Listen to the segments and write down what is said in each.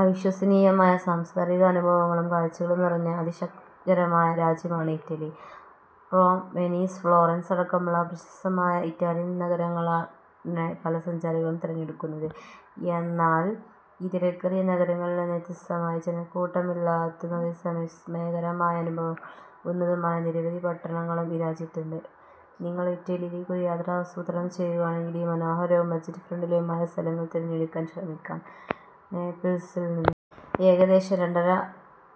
അവിശ്വസനീയമായ സാംസ്കാരിക അനുഭവങ്ങളും കാഴ്ചകളും നിറഞ്ഞ അതിശയകരമായ രാജ്യമാണ് ഇറ്റലി. റോം, വെനീസ്, ഫ്ലോറൻസ് അടക്കമുള്ള പ്രശസ്തമായ ഇറ്റാലിയൻ നഗരങ്ങളാണ് പല സഞ്ചാരികളും തിരഞ്ഞെടുക്കുന്നത്. എന്നാൽ ഈ തിരക്കേറിയ നഗരങ്ങളിൽനിന്ന് വ്യത്യസ്തമായി ജനക്കൂട്ടമില്ലാത്തതും അതേസമയം വിസ്മയകരമായ അനുഭവങ്ങൾ നൽകുന്നതുമായ നിരവധി പട്ടണങ്ങളും ഈ രാജ്യത്തുണ്ട്. നിങ്ങൾ ഇറ്റലിയിലേക്ക് ഒരു യാത്ര ആസൂത്രണം ചെയ്യുകയാണെങ്കിൽ ഈ മനോഹരവും ബജറ്റ് ഫ്രണ്ട്ലിയുമായ സ്ഥലങ്ങൾ തിരഞ്ഞെടുക്കാൻ ശ്രമിക്കാം. നേപ്പിൾസിൽനിന്ന് ഏകദേശം രണ്ടര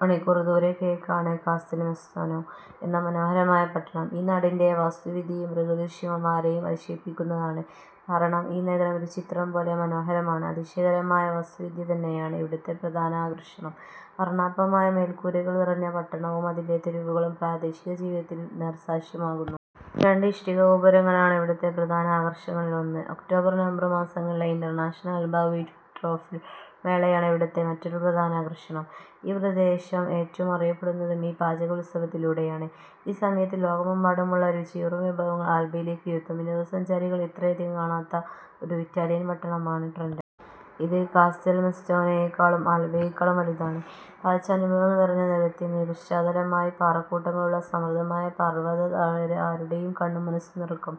മണിക്കൂർ ദൂരെ കിഴക്കാണ് കാസ്റ്റൽമെസ്സാനോ എന്ന മനോഹരമായ പട്ടണം. ഈ നാടിന്റെ വാസ്തുവിദ്യയും പ്രകൃതിദൃശ്യങ്ങളും ആരെയും അതിശയിപ്പിക്കുന്നതാണ്. കാരണം ഈ നഗരം ഒരു ചിത്രം പോലെ മനോഹരമാണ്. അതിശയകരമായ വാസ്തുവിദ്യ തന്നെയാണ് ഇവിടുത്തെ പ്രധാന ആകർഷണം. വർണ്ണാഭമായ മേൽക്കൂരകൾ നിറഞ്ഞ പട്ടണവും അതിലെ തെരുവുകളും പ്രാദേശിക ജീവിതത്തിന്റെ നേർസാക്ഷ്യമാകുന്നു. രണ്ട് ഇഷ്ടിക ഗോപുരങ്ങളാണ് ഇവിടുത്തെ പ്രധാന ആകർഷണങ്ങളിലൊന്ന്. ഒക്ടോബർ, നവംബർ മാസങ്ങളിലെ ഇന്റർനാഷണൽ ആൽബ വൈറ്റ് ട്രഫിൾ മേളയാണ് ഇവിടുത്തെ മറ്റൊരു പ്രധാന ആകർഷണം. ഈ പ്രദേശം ഏറ്റവും അറിയപ്പെടുന്നതും ഈ പാചക ഉത്സവത്തിലൂടെയാണ്. ഈ സമയത്ത് ലോകമെമ്പാടുമുള്ള രുചിയൂറും വിഭവങ്ങൾ ആൽബയിലേക്ക് എത്തും. വിനോദസഞ്ചാരികൾ അത്രയധികം കാണാത്ത ഒരു ഇറ്റാലിയൻ പട്ടണമാണ് ട്രെന്റോ. ഇത് കാസ്റ്റൽമെസ്സാനോയേക്കാളും ആൽബയേക്കാളും വലുതാണ്. കാഴ്ചാനുഭവങ്ങൾ നിറഞ്ഞ നഗരത്തിന്റെ പശ്ചാത്തലമായി പാറക്കൂട്ടങ്ങളുള്ള സമൃദ്ധമായ പർവത താഴ്വര ആരുടെയും കണ്ണും മനസ്സും നിറയ്ക്കും.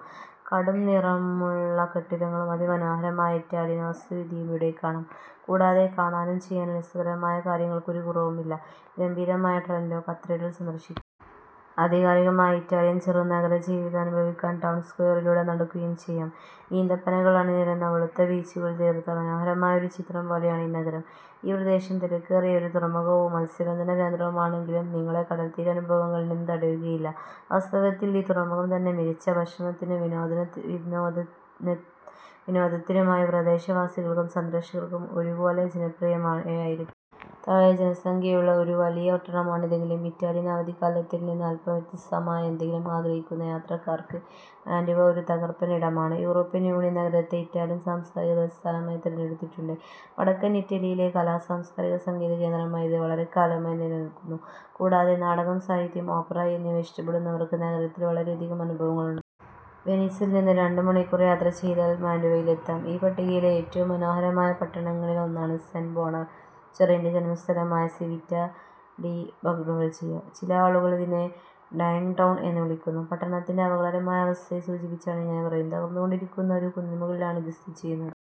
കടുംനിറമുള്ള കെട്ടിടങ്ങളും അതിമനോഹരമായ ഇറ്റാലിയൻ വാസ്തുവിദ്യയും ഇവിടെ കാണാം. കൂടാതെ കാണാനും ചെയ്യാനും രസകരമായ കാര്യങ്ങൾക്ക് ഒരു കുറവുമില്ല. ഗംഭീരമായ ട്രെന്റോ കത്തീഡ്രൽ സന്ദർശിക്കാം. ആധികാരികമായ ഇറ്റാലിയൻ ചെറുനഗര ജീവിതം അനുഭവിക്കാൻ ടൗൺ സ്ക്വയറിലൂടെ നടക്കുകയും ചെയ്യാം. ഈന്തപ്പനകൾ അണിനിരന്ന വെളുത്ത ബീച്ചുകളിൽ തീർത്ത മനോഹരമായ ഒരു ചിത്രം പോലെയാണ് ഈ നഗരം. ഈ പ്രദേശം തിരക്കേറിയ ഒരു തുറമുഖവും മത്സ്യബന്ധന കേന്ദ്രവുമാണെങ്കിലും നിങ്ങളെ കടൽത്തീര അനുഭവങ്ങളിൽനിന്ന് തടയുകയില്ല. വാസ്തവത്തിൽ ഈ തുറമുഖം തന്നെ മികച്ച ഭക്ഷണത്തിനും വിനോദത്തിനുമായി പ്രദേശവാസികൾക്കും സന്ദർശകർക്കും ഒരുപോലെ ജനപ്രിയമാണ്. ഏഴായിരത്തിൽ താഴെ ജനസംഖ്യയുള്ള ഒരു വലിയ പട്ടണമാണിതെങ്കിലും ഇറ്റാലിയൻ അവധിക്കാലത്തിൽനിന്ന് അൽപം വ്യത്യസ്തമായ എന്തെങ്കിലും ആഗ്രഹിക്കുന്ന യാത്രക്കാർക്ക് മാന്റുവ ഒരു തകർപ്പൻ ഇടമാണ്. യൂറോപ്യൻ യൂണിയൻ നഗരത്തെ ഇറ്റാലിയൻ സാംസ്കാരിക തലസ്ഥാനമായി തിരഞ്ഞെടുത്തിട്ടുണ്ട്. വടക്കൻ ഇറ്റലിയിലെ കലാ സാംസ്കാരിക സംഗീത കേന്ദ്രമായി ഇത് വളരെക്കാലമായി നിലനിൽക്കുന്നു. കൂടാതെ നാടകം സാഹിത്യം ഓപ്പറ എന്നിവ ഇഷ്ടപ്പെടുന്നവർക്ക് നഗരത്തിൽ വളരെയധികം അനുഭവങ്ങളുണ്ട്. വെനീസിൽനിന്ന് രണ്ട് മണിക്കൂർ യാത്ര ചെയ്താൽ മാന്റുവയിലെത്താം.ഈ പട്ടികയിലെ ഏറ്റവും മനോഹരമായ പട്ടണങ്ങളിലൊന്നാണ് സെന്റ് ബോണവെൻച്വറിന്റെ ജന്മസ്ഥലമായ സിവിറ്റ ഡി ബാഗ്നോറെജിയോ. ചില ആളുകൾ ഇതിനെ ഡൈയിങ് ടൗൺ എന്ന് വിളിക്കുന്നു. പട്ടണത്തിന്റെ അപകടകരമായ അവസ്ഥയെ സൂചിപ്പിച്ചാണ് ഇങ്ങനെ പറയുന്നത്. തകർന്നുകൊണ്ടിരിക്കുന്ന ഒരു കുന്നിൻ മുകളിലാണ് ഇത് സ്ഥിതിചെയ്യുന്നത്.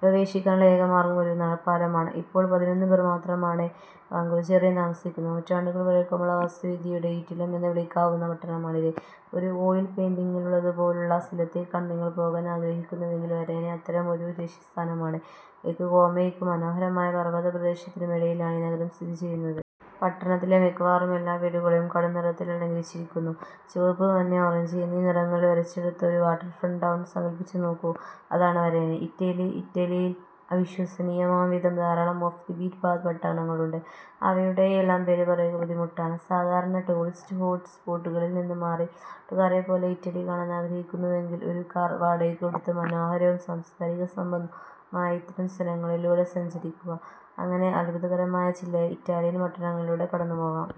പ്രവേശിക്കാനുള്ള ഏക മാർഗം ഒരു നടപ്പാലമാണ്. ഇപ്പോൾ പതിനൊന്ന് പേർ മാത്രമാണ് ബാഗ്നോറെജിയോയിൽ താമസിക്കുന്നത്. നൂറ്റാണ്ടുകൾ പഴക്കമുള്ള വാസ്തുവിദ്യയുടെ ഈറ്റില്ലം എന്ന് വിളിക്കാവുന്ന പട്ടണമാണിത്. ഒരു ഓയിൽ പെയിന്റിങ്ങിലുള്ളതുപോലുള്ള സ്ഥലത്തേക്കാണ് നിങ്ങൾ പോകാൻ ആഗ്രഹിക്കുന്നതെങ്കിൽ വരേന അത്തരമൊരു ലക്ഷ്യസ്ഥാനമാണ്. ലേക്ക് കോമോയ്ക്കും മനോഹരമായ പർവത പ്രദേശത്തിനും ഇടയിലാണ് ഈ നഗരം സ്ഥിതിചെയ്യുന്നത്. പട്ടണത്തിലെ മിക്കവാറും എല്ലാ വീടുകളും കടുംനിറത്തിൽ അലങ്കരിച്ചിരിക്കുന്നു. ചുവപ്പ്, മഞ്ഞ, ഓറഞ്ച് എന്നീ നിറങ്ങളിൽ വരച്ചെടുത്ത ഒരു വാട്ടർഫ്രണ്ട് ടൗൺ സങ്കൽപിച്ചു നോക്കൂ. അതാണ് വരേന. ഇറ്റലിയിൽ അവിശ്വസനീയമാംവിധം ധാരാളം ഓഫ് ദി ബീറ്റ് പാത്ത് പട്ടണങ്ങളുണ്ട്. അവയുടെയെല്ലാം പേര് പറയുക ബുദ്ധിമുട്ടാണ്. സാധാരണ ടൂറിസ്റ്റ് ഹോട്ട് സ്പോട്ടുകളിൽനിന്ന് മാറി നാട്ടുകാരെപ്പോലെ ഇറ്റലി കാണാൻ ആഗ്രഹിക്കുന്നുവെങ്കിൽ ഒരു കാർ വാടകയ്ക്കെടുത്ത് മനോഹരവും സാംസ്കാരിക സമ്പന്നവുമായ ഇത്തരം സ്ഥലങ്ങളിലൂടെ സഞ്ചരിക്കുക. അങ്ങനെ അദ്ഭുതകരമായ ചില ഇറ്റാലിയൻ പട്ടണങ്ങളിലൂടെ കടന്നുപോകാം.